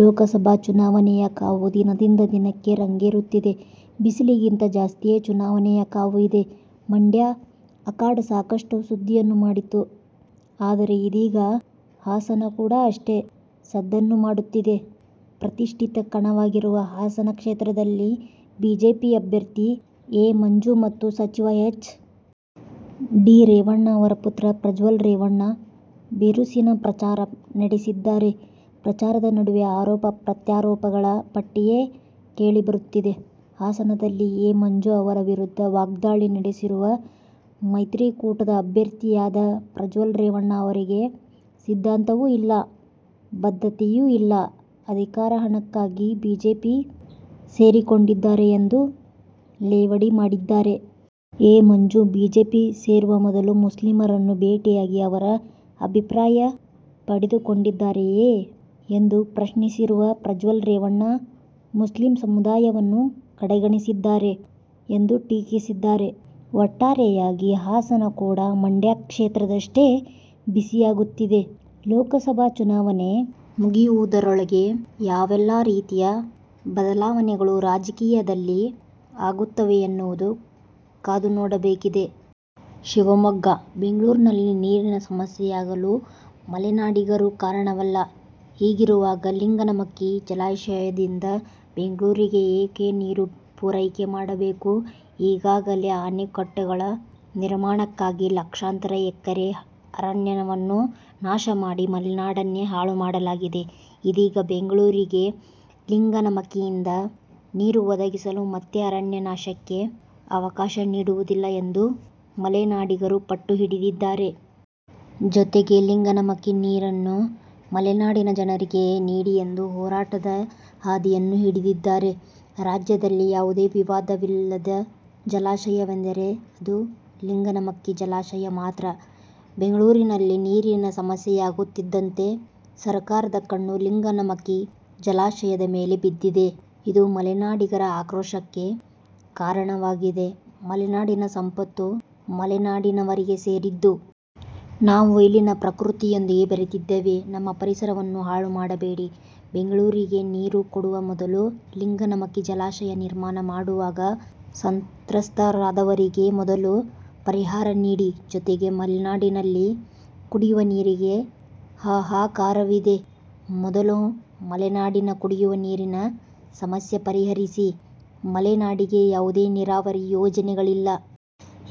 ಲೋಕ ಸಭಾ ಚುನಾವಣೆಯ ಕಾವು ದಿನದಿಂದ ದಿನಕ್ಕೆ ರಂಗೇರುತ್ತಿದೆ.. ಬಿಸಿಲಿಗಿಂತ ಜಾಸ್ತಿಯೇ ಚುನಾವಣೆಯ ಕಾವು ಇದೆ. ಮಂಡ್ಯ ಅಖಾಡ ಸಾಕಷ್ಟು ಸುದ್ದಿಯನ್ನು ಮಾಡಿತ್ತು. ಆದರೆ ಇದೀಗ ಹಾಸನ ಕೂಡ ಅಷ್ಟೆ ಸದ್ದನ್ನು ಮಾಡುತ್ತಿದೆ. ಪ್ರತಿಷ್ಠಿತ ಕಣವಾಗಿರುವ ಹಾಸನ ಕ್ಷೇತ್ರದಲ್ಲಿ ಬಿಜೆಪಿ ಅಭ್ಯರ್ಥಿ ಎ. ಮಂಜು ಮತ್ತು ಸಚಿವ ಹೆಚ್. ಡಿ. ರೇವಣ್ಣ ಅವರ ಪುತ್ರ ಪ್ರಜ್ವಲ್ ರೇವಣ್ಣ ಬಿರುಸಿನ ಪ್ರಚಾರ ನಡೆಸಿದ್ದಾರೆ. ಪ್ರಚಾರದ ನಡುವೆ ಆರೋಪ ಪ್ರತ್ಯಾರೋಪಗಳ ಪಟ್ಟಿಯೇ ಕೇಳಿ ಬರುತ್ತಿದೆ. ಹಾಸನದಲ್ಲಿ ಎ. ಮಂಜು ಅವರ ವಿರುದ್ಧ ವಾಗ್ದಾಳಿ ನಡೆಸಿರುವ ಮೈತ್ರಿಕೂಟದ ಅಭ್ಯರ್ಥಿಯಾದ ಪ್ರಜ್ವಲ್ ರೇವಣ್ಣ ಅವರಿಗೆ ಸಿದ್ಧಾಂತವೂ ಇಲ್ಲ, ಬದ್ಧತೆಯೂ ಇಲ್ಲ. ಅಧಿಕಾರ, ಹಣಕ್ಕಾಗಿ ಬಿಜೆಪಿ ಸೇರಿಕೊಂಡಿದ್ದಾರೆ ಎಂದು ಲೇವಡಿ ಮಾಡಿದ್ದಾರೆ. ಎ. ಮಂಜು ಬಿಜೆಪಿ ಸೇರುವ ಮೊದಲು ಮುಸ್ಲಿಮರನ್ನು ಭೇಟಿಯಾಗಿ ಅವರ ಅಭಿಪ್ರಾಯ ಪಡೆದುಕೊಂಡಿದ್ದಾರೆಯೇ ಎಂದು ಪ್ರಶ್ನಿಸಿರುವ ಪ್ರಜ್ವಲ್ ರೇವಣ್ಣ, ಮುಸ್ಲಿಂ ಸಮುದಾಯವನ್ನು ಕಡೆಗಣಿಸಿದ್ದಾರೆ ಎಂದು ಟೀಕಿಸಿದ್ದಾರೆ. ಒಟ್ಟಾರೆಯಾಗಿ ಹಾಸನ ಕೂಡ ಮಂಡ್ಯ ಕ್ಷೇತ್ರದಷ್ಟೆ ಬಿಸಿಯಾಗುತ್ತಿದೆ. ಲೋಕಸಭಾ ಚುನಾವಣೆ ಮುಗಿಯುವುದರೊಳಗೆ ಯಾವೆಲ್ಲಾ ರೀತಿಯ ಬದಲಾವಣೆಗಳು ರಾಜಕೀಯದಲ್ಲಿ ಆಗುತ್ತವೆ ಎನ್ನುವುದನ್ನು ಕಾದುನೋಡಬೇಕಿದೆ. ಶಿವಮೊಗ್ಗ: ಬೆಂಗಳೂರಿನಲ್ಲಿ ನೀರಿನ ಸಮಸ್ಯೆಯಾಗಲು ಮಲೆನಾಡಿಗರು ಕಾರಣವಲ್ಲ. ಹೀಗಿರುವಾಗ ಲಿಂಗನಮಕ್ಕಿ ಜಲಾಶಯದಿಂದ ಬೆಂಗಳೂರಿಗೆ ಏಕೆ ನೀರು ಪೂರೈಕೆ ಮಾಡಬೇಕು. ಈಗಾಗಲೇ ಅಣೆಕಟ್ಟೆಗಳ ನಿರ್ಮಾಣಕ್ಕಾಗಿ ಲಕ್ಷಾಂತರ ಎಕರೆ ಅರಣ್ಯವನ್ನು ನಾಶ ಮಾಡಿ ಮಲೆನಾಡನ್ನೇ ಹಾಳು ಮಾಡಲಾಗಿದೆ. ಇದೀಗ ಬೆಂಗಳೂರಿಗೆ ಲಿಂಗನಮಕ್ಕಿಯಿಂದ ನೀರು ಒದಗಿಸಲು ಮತ್ತೆ ಅರಣ್ಯ ನಾಶಕ್ಕೆ ಅವಕಾಶ ನೀಡುವುದಿಲ್ಲ ಎಂದು ಮಲೆನಾಡಿಗರು ಪಟ್ಟು ಹಿಡಿದಿದ್ದಾರೆ. ಜೊತೆಗೆ ಲಿಂಗನಮಕ್ಕಿ ನೀರನ್ನು ಮಲೆನಾಡಿನ ಜನರಿಗೇ ನೀಡಿ ಎಂದು ಹೋರಾಟದ ಹಾದಿಯನ್ನೂ ಹಿಡಿದಿದ್ದಾರೆ. ರಾಜ್ಯದಲ್ಲಿ ಯಾವುದೇ ವಿವಾದವಿಲ್ಲದ ಜಲಾಶಯವೆಂದರೆ ಅದು ಲಿಂಗನಮಕ್ಕಿ ಜಲಾಶಯ ಮಾತ್ರ. ಬೆಂಗಳೂರಿನಲ್ಲಿ ನೀರಿನ ಸಮಸ್ಯೆಯಾಗುತ್ತಿದ್ದಂತೆ ಸರ್ಕಾರದ ಕಣ್ಣು ಲಿಂಗನಮಕ್ಕಿ ಜಲಾಶಯದ ಮೇಲೆ ಬಿದ್ದಿದೆ. ಇದು ಮಲೆನಾಡಿಗರ ಆಕ್ರೋಶಕ್ಕೆ ಕಾರಣವಾಗಿದೆ. ಮಲೆನಾಡಿನ ಸಂಪತ್ತು ಮಲೆನಾಡಿನವರಿಗೆ ಸೇರಿದ್ದು. ನಾವು ಇಲ್ಲಿನ ಪ್ರಕೃತಿಯೊಂದಿಗೆ ಬೆರೆತಿದ್ದೇವೆ. ನಮ್ಮ ಪರಿಸರವನ್ನು ಹಾಳು ಮಾಡಬೇಡಿ. ಬೆಂಗಳೂರಿಗೆ ನೀರು ಕೊಡುವ ಮೊದಲು ಲಿಂಗನಮಕ್ಕಿ ಜಲಾಶಯ ನಿರ್ಮಾಣ ಮಾಡುವಾಗ ಸಂತ್ರಸ್ಥರಾದವರಿಗೆ ಮೊದಲು ಪರಿಹಾರ ನೀಡಿ. ಜೊತೆಗೆ ಮಲೆನಾಡಿನಲ್ಲೇ ಕುಡಿಯುವ ನೀರಿಗೆ ಹಾಹಾಕಾರವಿದೆ. ಮೊದಲು ಮಲೆನಾಡಿನ ಕುಡಿಯುವ ನೀರಿನ ಸಮಸ್ಯೆ ಪರಿಹರಿಸಿ. ಮಲೆನಾಡಿಗೆ ಯಾವುದೇ ನೀರಾವರಿ ಯೋಜನೆಗಳಿಲ್ಲ.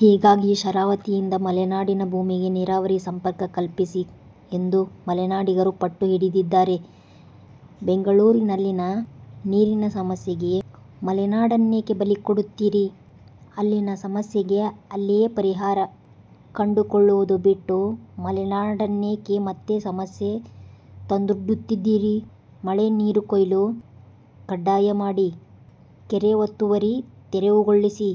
ಹೀಗಾಗಿ ಶರಾವತಿಯಿಂದ ಮಲೆನಾಡಿನ ಭೂಮಿಗೆ ನೀರಾವರಿ ಸಂಪರ್ಕ ಕಲ್ಪಿಸಿ ಎಂದು ಮಲೆನಾಡಿಗರು ಪಟ್ಟು ಹಿಡಿದಿದ್ದಾರೆ. ಬೆಂಗಳೂರಿನಲ್ಲಿನ ನೀರಿನ ಸಮಸ್ಯೆಗೆ ಮಲೆನಾಡನ್ನೇಕೆ ಬಲಿಕೊಡುತ್ತೀರಿ. ಅಲ್ಲಿನ ಸಮಸ್ಯೆಗೆ ಅಲ್ಲಿಯೇ ಪರಿಹಾರ ಕಂಡುಕೊಳ್ಳುವುದನ್ನು ಬಿಟ್ಟು ಮಲೆನಾಡಿಗೇಕೆ ಮತ್ತೆ ಸಮಸ್ಯೆ ತಂದೊಡ್ಡುತ್ತಿದ್ದೀರಿ. ಮಳೆ ನೀರುಕೊಯ್ಲು ಕಡ್ಡಾಯ ಮಾಡಿ. ಕೆರೆ ಒತ್ತುವರಿ ತೆರವುಗೊಳಿಸಿ.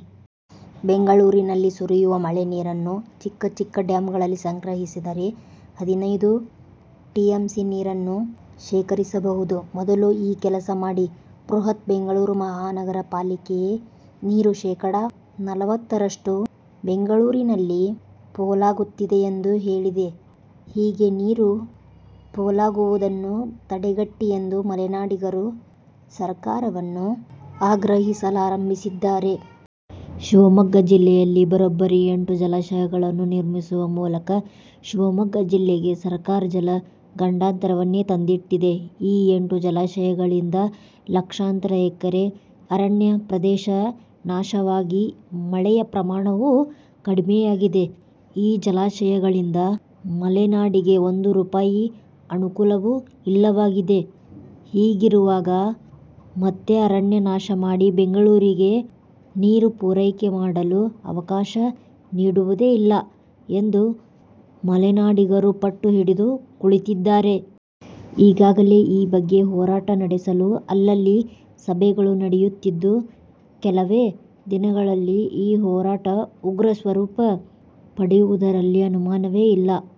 ಬೆಂಗಳೂರಿನಲ್ಲಿ ಸುರಿಯುವ ಮಳೆ ನೀರನ್ನು ಚಿಕ್ಕ ಚಿಕ್ಕ ಡ್ಯಾಂಗಳಲ್ಲಿ ಸಂಗ್ರಹಿಸಿದರೆ ಹದಿನೈದು ಟಿಎಂಸಿ ನೀರನ್ನು ಶೇಖರಿಸಬಹುದು. ಮೊದಲು ಈ ಕೆಲಸ ಮಾಡಿ. ಬೃಹತ್ ಬೆಂಗಳೂರು ಮಹಾನಗರ ಪಾಲಿಕೆಯೇ ನೀರು ಶೇಕಡಾ ನಲವತ್ತರಷ್ಟು ಬೆಂಗಳೂರಿನಲ್ಲಿ ಪೋಲಾಗುತ್ತಿದೆ ಎಂದು ಹೇಳಿದೆ. ಹೀಗೆ ನೀರು ಪೋಲಾಗುವುದನ್ನು ತಡೆಗಟ್ಟಿ ಎಂದು ಮಲೆನಾಡಿಗರು ಸರ್ಕಾರವನ್ನು ಆಗ್ರಹಿಸಲಾರಂಭಿಸಿದ್ದಾರೆ. ಶಿವಮೊಗ್ಗ ಜಿಲ್ಲೆಯಲ್ಲಿ ಬರೋಬ್ಬರಿ ಎಂಟು ಜಲಾಶಯಗಳನ್ನು ನಿರ್ಮಿಸುವ ಮೂಲಕ ಶಿವಮೊಗ್ಗ ಜಿಲ್ಲೆಗೆ ಸರ್ಕಾರ ಜಲ ಗಂಡಾಂತರವನ್ನೇ ತಂದಿಟ್ಟಿದೆ. ಈ ಎಂಟು ಜಲಾಶಯಗಳಿಂದ ಲಕ್ಷಾಂತರ ಎಕರೆ ಅರಣ್ಯ ಪ್ರದೇಶ ನಾಶವಾಗಿ ಮಳೆಯ ಪ್ರಮಾಣವೂ ಕಡಿಮೆಯಾಗಿದೆ. ಈ ಜಲಾಶಯಗಳಿಂದ ಮಲೆನಾಡಿಗೆ ಒಂದು ರೂಪಾಯಿ ಅನುಕೂಲವೂ ಇಲ್ಲವಾಗಿದೆ. ಹೀಗಿರುವಾಗ ಮತ್ತೆ ಅರಣ್ಯ ನಾಶ ಮಾಡಿ ಬೆಂಗಳೂರಿಗೆ ನೀರು ಪೂರೈಕೆ ಮಾಡಲು ಅವಕಾಶ ನೀಡುವುದೇ ಇಲ್ಲ ಎಂದು ಮಲೆನಾಡಿಗರು ಪಟ್ಟು ಹಿಡಿದು ಕುಳಿತಿದ್ದಾರೆ. ಈಗಾಗಲೇ ಈ ಬಗ್ಗೆ ಹೋರಾಟ ನಡೆಸಲು ಅಲ್ಲಲ್ಲಿ ಸಭೆಗಳೂ ನಡೆಯಿತ್ತಿದ್ದು. ಕೆಲವೇ ದಿನಗಳಲ್ಲಿ ಈ ಹೋರಾಟ ಉಗ್ರ ಸ್ವರೂಪ ಪಡೆಯುವುದರಲ್ಲಿ ಅನುಮಾನವೇ ಇಲ್ಲ.